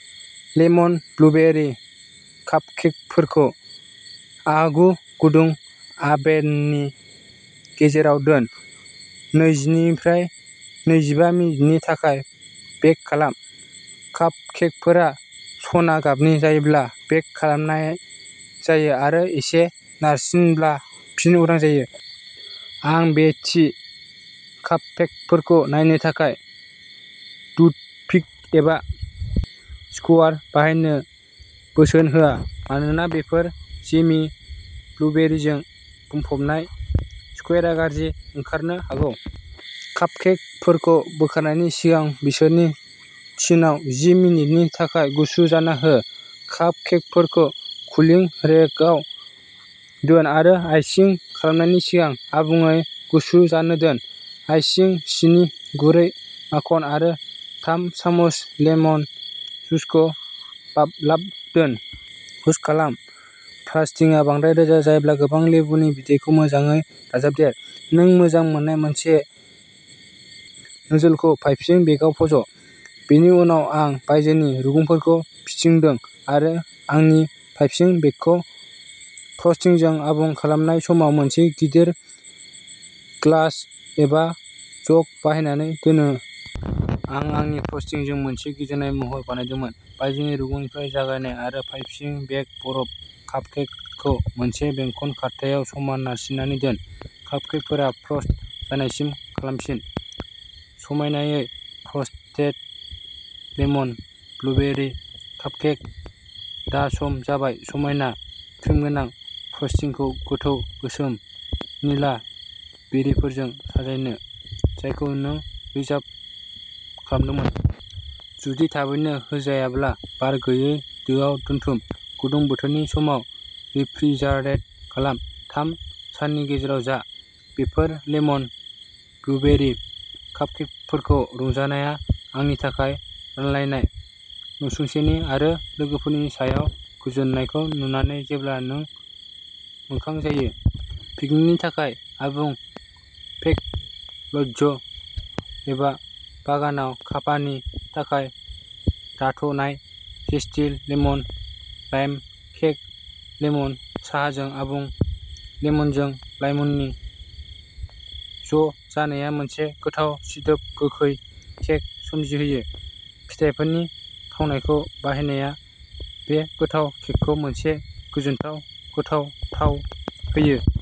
Lemon blueberry कापकेकफोरखौ आगु गुदुं अभेननि गेजेराव दोन। नैजिनिफ्राय नैजिबा मिनिटनि थाखाय बेक खालाम। कापकेकफोरा सना गाबनि जायोब्ला बेक खालामनाय जायो आरो एसे नारसिनब्ला फिन उदां जायो। आं बे थि कापकेकफोरखौ नायनो थाखाय टुथपिक एबा स्क्युयार बाहायनो बोसोन होआ, मानोना बेफोर जेमि ब्लुबेरिजों बुंफबनाय, स्क्युआरआ गाज्रि ओंखारनो हागौ। कापकेकफोरखौ बोखारनायनि सिगां बिसोरनि टिनआव जि मिनिटनि थाखाय गुसु जानो हो। कापकेकफोरखौ कुलिं रेकआव दोन आरो आइसिं खालामनायनि सिगां आबुङै गुसु जानो दोन। आइसिं सिनि, गुरै माखन आरो थाम सामुस लेमन जुसखौ बावलाव दोन। हुस्क खालाम। फ्रस्टिंआ बांद्राय रोजा जायोब्ला गोबां लेबुनि बिदैखौ मोजाङै दाजाबदेर। नों मोजां मोननाय मोनसे नोजलखौ पाइपिं बेगआव फज'। बेनि उनाव आं बायजोनि रुगुंफोरखौ फिदिंदों आरो आंनि पाइपिं बेगखौ फ्रस्टिंजों आबुं खालामनाय समाव मोनसे गिदिर ग्लास एबा जग बाहायनानै दोनो। आं आंनि फ्रस्टिंजों मोनसे गिदिंनाय महर बानायदोंमोन। बायजोनि रुगुंनिफ्राय जागाय आरो पाइपिं बेग बरफ कापकेकखौ मोनसे बेंखन खारथायाव समान नारसिननानै दोन। कापकेकफोरा फ्रस्ट जानायसिम खालामफिन। समायनायै फ्रस्टेड लेमन ब्लुबेरि कापकेक। दा सम जाबाय समायना, क्रिमगोनां, फ्रस्टिंखौ गोथौ, गोसोम, निला, बेरिफोरजों साजायनो, जायखौ नों रिजार्भ खालामदोंमोन। जुदि थाबैनो होजायाब्ला बार गैयै दोआव दोनथुम। गुदुं बोथोरनि समाव रेफ्रिजारेट खालाम। थाम साननि गेजेराव जा। बेफोर लेमन ब्लुबेरि कापकेकफोरखौ रंजानाया आंनि थाखाय, रानलायनाय। नसुंसेनि आरो लोगोफोरनि सायाव गोजोननायखौ नुनानै जेब्ला नों मोखां जायो। पिकनिकनि थाखाय आबुं, पेक्ड लञ्च एबा बागानाव कापानि थाखाय थाद'नाय! Zesty lemon lime cake lemon साहाजों आबुं! लेमनजों लाइमनि ज' जानाया मोनसे गोथाव सिदोब, गोखै केक सोमजिहोयो। फिथाइफोरनि थावनायखौ बाहायनाया बे गोथाव केकखौ मोनसे गोजोनथाव गोथाव थाव होयो।